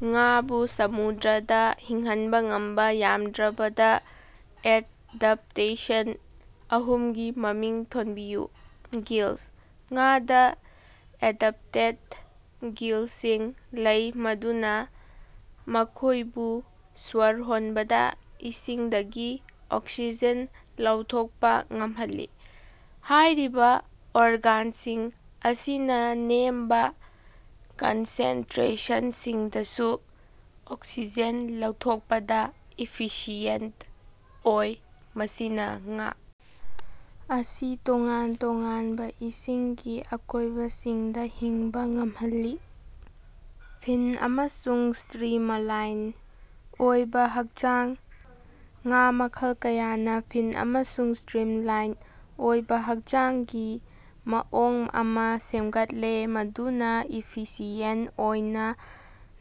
ꯉꯥꯕꯨ ꯁꯃꯨꯗ꯭ꯔꯗꯥ ꯍꯤꯡꯍꯟꯕ ꯉꯝꯕꯥ ꯌꯥꯝꯗ꯭ꯔꯕꯗ ꯑꯦꯗꯞꯇꯦꯁꯟ ꯑꯍꯨꯝꯒꯤ ꯃꯃꯤꯡ ꯊꯣꯟꯕꯤꯌꯨ꯫ ꯒꯤꯜꯁ: ꯉꯥꯗꯥ ꯑꯦꯗꯞꯇꯦꯗ ꯒꯤꯜꯁꯤꯡ ꯂꯩ ꯃꯗꯨꯅ ꯃꯈꯣꯏꯕꯨ ꯁ꯭ꯋꯔ ꯍꯣꯟꯕꯗ ꯏꯁꯤꯡꯗꯒꯤ ꯑꯣꯛꯁꯤꯖꯦꯟ ꯂꯧꯊꯣꯛꯄꯥ ꯉꯝꯍꯜꯂꯤ꯫ ꯍꯥꯏꯔꯤꯕꯥ ꯑꯣꯔꯒꯥꯟꯁꯤꯡ ꯑꯁꯤꯅ ꯅꯦꯝꯕ ꯀꯟꯁꯦꯟꯇꯔꯦꯁꯟꯁꯤꯡꯗꯁꯨ ꯑꯣꯛꯁꯤꯖꯦꯟ ꯂꯧꯊꯣꯛꯄꯗꯥ ꯏꯐꯤꯁꯤꯌꯦꯟꯇ ꯑꯣꯏ, ꯃꯁꯤꯅꯥ ꯉꯥ ꯑꯁꯤ ꯇꯣꯉꯥꯟ ꯇꯣꯉꯥꯟꯕ ꯏꯁꯤꯡꯒꯤ ꯑꯀꯣꯏꯕꯁꯤꯡꯗ ꯍꯤꯡꯕ ꯉꯝꯍꯜꯂꯤ꯫ ꯐꯤꯟ ꯑꯃꯁꯨꯡ ꯁ꯭ꯇꯔꯤꯃꯂꯥꯏꯟ ꯑꯣꯏꯕ ꯍꯛꯆꯥꯡ: ꯉꯥ ꯃꯈꯜ ꯀꯌꯥꯅ ꯐꯤꯟ ꯑꯃꯁꯨꯡ ꯁ꯭ꯇꯔꯤꯝꯂꯥꯏꯟ ꯑꯣꯏꯕ ꯍꯛꯆꯥꯡꯒꯤ ꯃꯑꯣꯡ ꯑꯃꯥ ꯁꯦꯝꯒꯠꯂꯦ ꯃꯗꯨꯅꯥ ꯏꯐꯤꯁꯤꯌꯦꯟ ꯑꯣꯏꯅꯥ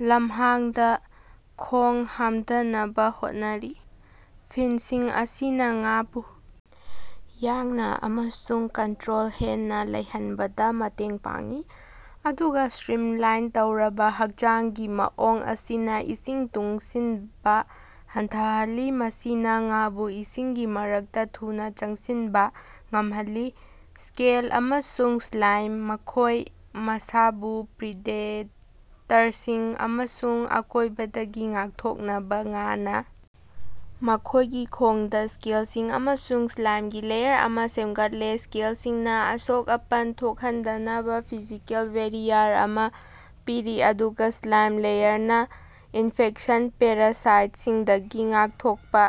ꯂꯝꯍꯥꯡꯗꯥ ꯈꯣꯡ ꯍꯥꯝꯗꯅꯕ ꯍꯣꯠꯅꯔꯤ꯫ ꯐꯤꯟꯁꯤꯡ ꯑꯁꯤꯅ ꯉꯥꯕꯨ ꯌꯥꯡꯅ ꯑꯃꯁꯨꯡ ꯀꯟꯇꯔꯣꯜ ꯍꯦꯟꯅ ꯂꯩꯍꯟꯕꯗꯥ ꯃꯇꯦꯡ ꯄꯥꯡꯏ ꯑꯗꯨꯒ ꯁ꯭ꯇꯔꯤꯝꯂꯥꯏꯟ ꯇꯧꯔꯕ ꯍꯛꯆꯥꯡꯒꯤ ꯃꯑꯣꯡ ꯑꯁꯤꯅꯥ ꯏꯁꯤꯡ ꯇꯨꯡꯁꯤꯟꯕꯥ ꯍꯟꯊꯍꯜꯂꯤ, ꯃꯁꯤꯅ ꯉꯥꯕꯨ ꯏꯁꯤꯡꯒꯤ ꯃꯔꯛꯇ ꯊꯨꯅꯥ ꯆꯪꯁꯤꯟꯕꯥ ꯉꯝꯍꯜꯂꯤ꯫ ꯁ꯭ꯀꯦꯜ ꯑꯃꯁꯨꯡ ꯁ꯭ꯂꯥꯏꯝ: ꯃꯈꯣꯏ ꯃꯁꯥꯕꯨ ꯄ꯭ꯔꯤꯗꯦꯇꯔꯁꯤꯡ ꯑꯃꯁꯨꯡ ꯑꯀꯣꯏꯕꯗꯒꯤ ꯉꯥꯛꯊꯣꯛꯅꯕꯥ ꯉꯥꯅꯥ ꯃꯈꯣꯏꯒꯤ ꯈꯣꯡꯗꯥ ꯁ꯭ꯀꯦꯜꯁꯤꯡ ꯑꯃꯁꯨꯡ ꯁ꯭ꯂꯥꯏꯝꯒꯤ ꯂꯦꯌꯔ ꯑꯃꯥ ꯁꯦꯝꯒꯠꯂꯦ꯫ ꯁ꯭ꯀꯦꯜꯁꯤꯡꯅ ꯑꯁꯣꯛ-ꯑꯄꯟ ꯊꯣꯛꯍꯟꯗꯅꯕ ꯐꯤꯖꯤꯀꯦꯜ ꯕꯦꯔꯤꯌꯥꯔ ꯑꯃꯥ ꯄꯤꯔꯤ ꯑꯗꯨꯒ ꯁ꯭ꯂꯥꯏꯝ ꯂꯦꯌꯔꯅ ꯏꯟꯐꯦꯛꯁꯟ, ꯄꯦꯔꯥꯁꯥꯏꯠꯁꯤꯡꯗꯒꯤ ꯉꯥꯛꯊꯣꯛꯄ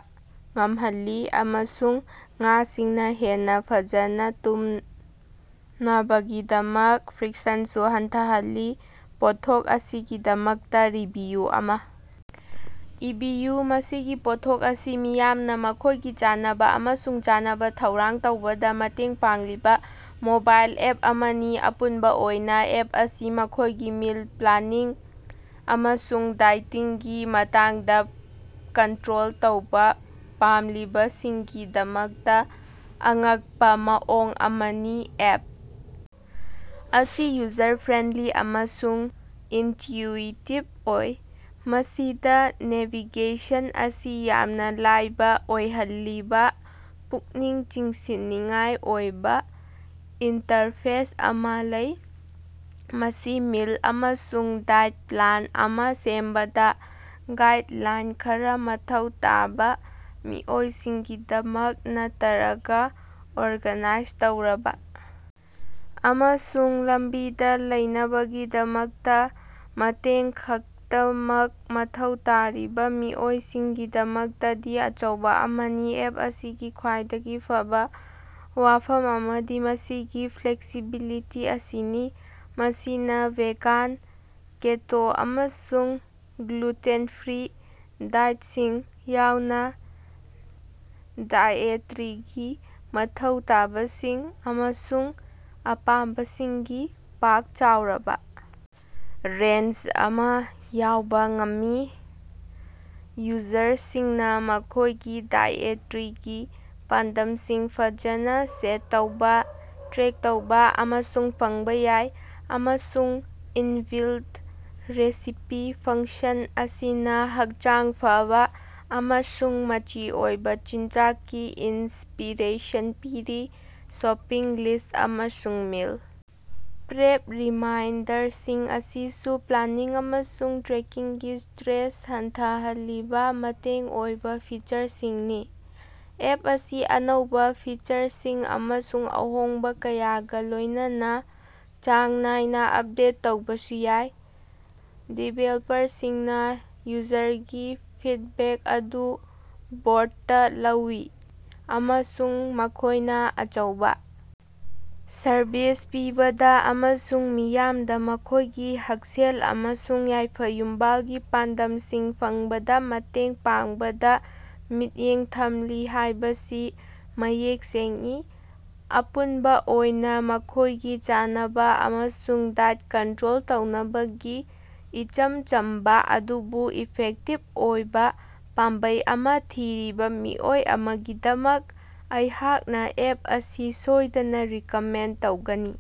ꯉꯝꯍꯜꯂꯤ ꯑꯃꯁꯨꯡ ꯉꯥꯁꯤꯡꯅ ꯍꯦꯟꯅ ꯐꯖꯅ ꯇꯨꯝꯅꯕꯒꯤꯗꯃꯛ ꯐ꯭ꯔꯤꯛꯁꯟꯁꯨ ꯍꯟꯊꯍꯜꯂꯤ꯫ ꯄꯣꯠꯊꯣꯛ ꯑꯁꯤꯒꯤꯗꯃꯛꯇ ꯔꯤꯚꯤꯌꯨ ꯑꯃꯥ ꯏꯕꯤꯌꯨ꯫ ꯃꯁꯤꯒꯤ ꯄꯣꯠꯊꯣꯛ ꯑꯁꯤ ꯃꯤꯌꯥꯝꯅ ꯃꯈꯣꯏꯒꯤ ꯆꯥꯅꯕ ꯑꯃꯁꯨꯡ ꯆꯥꯅꯕ ꯊꯧꯔꯥꯡ ꯇꯧꯕꯗ ꯃꯇꯦꯡ ꯄꯥꯡꯂꯤꯕ ꯃꯣꯕꯥꯏꯜ ꯑꯦꯞ ꯑꯃꯅꯤ꯫ ꯑꯄꯨꯟꯕ ꯑꯣꯏꯅꯥ, ꯑꯦꯞ ꯑꯁꯤ ꯃꯈꯣꯏꯒꯤ ꯃꯤꯜ ꯄ꯭ꯂꯥꯅꯤꯡ ꯑꯃꯁꯨꯡ ꯗꯥꯏꯇꯤꯡꯒꯤ ꯃꯇꯥꯡꯗ ꯀꯟꯇꯔꯣꯜ ꯇꯧꯕꯥ ꯄꯥꯝꯂꯤꯕꯁꯤꯡꯒꯤꯗꯃꯛꯇ ꯑꯉꯛꯄꯥ ꯃꯑꯣꯡ ꯑꯃꯅꯤ꯫ ꯑꯦꯞ ꯑꯁꯤ ꯌꯨꯖꯔ ꯐ꯭ꯔꯦꯟꯗꯂꯤ ꯑꯃꯁꯨꯡ ꯏꯟꯇꯌꯨꯏꯇꯤꯕ ꯑꯣꯏ, ꯃꯁꯤꯗꯥ ꯅꯦꯚꯤꯒꯦꯁꯟ ꯑꯁꯤ ꯌꯥꯝꯅ ꯂꯥꯏꯕ ꯑꯣꯏꯍꯜꯂꯤꯕ ꯄꯨꯛꯅꯤꯡ ꯆꯤꯡꯁꯤꯟꯅꯤꯡꯉꯥꯏ ꯑꯣꯏꯕ ꯏꯟꯇꯔꯐꯦꯁ ꯑꯃꯥ ꯂꯩ꯫ ꯃꯁꯤ ꯃꯤꯜ ꯑꯃꯁꯨꯡ ꯗꯥꯏꯠ ꯄ꯭ꯂꯥꯟ ꯑꯃꯥ ꯁꯦꯝꯕꯗ ꯒꯥꯏꯗꯂꯥꯏꯟ ꯈꯔ ꯃꯊꯧ ꯇꯥꯕ ꯃꯤꯑꯣꯏꯁꯤꯡꯒꯤꯗꯃꯛ, ꯅꯠꯇꯔꯒ ꯑꯣꯔꯒꯥꯅꯥꯏꯖ ꯇꯧꯔꯕ ꯑꯃꯁꯨꯡ ꯂꯝꯕꯤꯗ ꯂꯩꯅꯕꯒꯤꯗꯃꯛꯇ ꯃꯇꯦꯡ ꯈꯛꯇꯃꯛ ꯃꯊꯧ ꯇꯥꯔꯤꯕꯥ ꯃꯤꯑꯣꯏꯁꯤꯡꯒꯤꯗꯃꯛꯇꯗꯤ ꯑꯆꯧꯕ ꯑꯃꯅꯤ꯫ ꯑꯦꯞ ꯑꯁꯤꯒꯤ ꯈ꯭ꯋꯥꯏꯗꯒꯤ ꯐꯕꯥ ꯋꯥꯐꯝ ꯑꯃꯗꯤ ꯃꯁꯤꯒꯤ ꯐ꯭ꯂꯦꯛꯁꯤꯕꯤꯂꯤꯇꯤ ꯑꯁꯤꯅꯤ꯫ ꯃꯁꯤꯅꯥ ꯚꯦꯒꯥꯟ, ꯀꯦꯇꯣ ꯑꯃꯁꯨꯡ ꯒ꯭ꯂꯨꯇꯦꯟ ꯐ꯭ꯔꯤ ꯗꯥꯏꯠꯁꯤꯡ ꯌꯥꯎꯅ ꯗꯥꯏꯑꯦꯇꯔꯤꯒꯤ ꯃꯊꯧ ꯇꯥꯕꯁꯤꯡ ꯑꯃꯁꯨꯡ ꯑꯄꯥꯝꯕꯁꯤꯡꯒꯤ ꯄꯥꯛ-ꯆꯥꯎꯔꯕ ꯔꯦꯟꯖ ꯑꯃꯥ ꯌꯥꯎꯕ ꯉꯝꯃꯤ꯫ ꯌꯨꯖꯔꯁꯤꯡꯅ ꯃꯈꯣꯏꯒꯤ ꯗꯥꯏꯑꯦꯇꯔꯤꯒꯤ ꯄꯥꯟꯗꯝꯁꯤꯡ ꯐꯖꯅ ꯁꯦꯠ ꯇꯧꯕ, ꯇ꯭ꯔꯦꯛ ꯇꯧꯕ ꯑꯃꯁꯨꯡ ꯐꯪꯕ ꯌꯥꯏ, ꯑꯃꯁꯨꯡ ꯏꯟ-ꯕꯤꯜꯗ ꯔꯦꯁꯤꯄꯤ ꯐꯪꯁꯟ ꯑꯁꯤꯅ ꯍꯛꯆꯥꯡ ꯐꯕꯥ ꯑꯃꯁꯨꯡ ꯃꯆꯤ ꯑꯣꯏꯕ ꯆꯤꯟꯖꯥꯛꯀꯤ ꯏꯟꯁꯄꯤꯔꯦꯁꯟ ꯄꯤꯔꯤ꯫ ꯁꯣꯄꯤꯡ ꯂꯤꯁ꯭ꯠ ꯑꯃꯁꯨꯡ ꯃꯤꯜ ꯄ꯭ꯔꯦꯞ ꯔꯤꯃꯥꯏꯟꯗꯔꯁꯤꯡ ꯑꯁꯤꯁꯨ ꯄ꯭ꯂꯥꯅꯤꯡ ꯑꯃꯁꯨꯡ ꯇ꯭ꯔꯦꯀꯤꯡꯒꯤ ꯁ꯭ꯇꯔꯦꯁ ꯍꯟꯊꯍꯜꯂꯤꯕꯥ ꯃꯇꯦꯡ ꯑꯣꯏꯕꯥ ꯐꯤꯆꯔꯁꯤꯡꯅꯤ꯫ ꯑꯦꯞ ꯑꯁꯤ ꯑꯅꯧꯕꯥ ꯐꯤꯆꯔꯁꯤꯡ ꯑꯃꯁꯨꯡ ꯑꯍꯣꯡꯕ ꯀꯌꯥꯒ ꯂꯣꯏꯅꯅꯥ ꯆꯥꯡ ꯅꯥꯏꯅ ꯑꯞꯗꯦꯠ ꯇꯧꯕꯁꯨ ꯌꯥꯏ꯫ ꯗꯤꯕꯦꯜꯄꯔꯁꯤꯡꯅꯥ ꯌꯨꯖꯔꯒꯤ ꯐꯤꯗꯕꯦꯛ ꯑꯗꯨ ꯕꯣꯔꯗꯇꯥ ꯂꯧꯏ, ꯑꯃꯁꯨꯡ ꯃꯈꯣꯏꯅꯥ ꯑꯆꯧꯕꯥ ꯁꯔꯕꯤꯁ ꯄꯤꯕꯗ ꯑꯃꯁꯨꯡ ꯃꯤꯌꯥꯝꯗ ꯃꯈꯣꯏꯒꯤ ꯍꯛꯁꯦꯜ ꯑꯃꯁꯨꯡ ꯌꯥꯏꯐ-ꯌꯨꯝꯕꯥꯜꯒꯤ ꯄꯥꯟꯗꯝꯁꯤꯡ ꯐꯪꯕꯗ ꯃꯇꯦꯡ ꯄꯥꯡꯕꯗꯥ ꯃꯤꯠꯌꯦꯡ ꯊꯝꯂꯤ ꯍꯥꯏꯕꯁꯤ ꯃꯌꯦꯛ ꯁꯦꯡꯏ꯫ ꯑꯄꯨꯟꯕ ꯑꯣꯏꯅ, ꯃꯈꯣꯏꯒꯤ ꯆꯥꯅꯕ ꯑꯃꯁꯨꯡ ꯗꯥꯏꯠ ꯀꯟꯇꯔꯣꯜ ꯇꯧꯅꯕꯒꯤ ꯏꯆꯝ ꯆꯝꯕꯥ ꯑꯗꯨꯕꯨ ꯏꯐꯦꯛꯇꯤꯕ ꯑꯣꯏꯕ ꯄꯥꯝꯕꯩ ꯑꯃꯥ ꯊꯤꯔꯤꯕ ꯃꯤꯑꯣꯏ ꯑꯃꯒꯤꯗꯃꯛ ꯑꯩꯍꯥꯛꯅ ꯑꯦꯞ ꯑꯁꯤ ꯁꯣꯏꯗꯅ ꯔꯤꯀꯃꯦꯟꯗ ꯇꯧꯒꯅꯤ꯫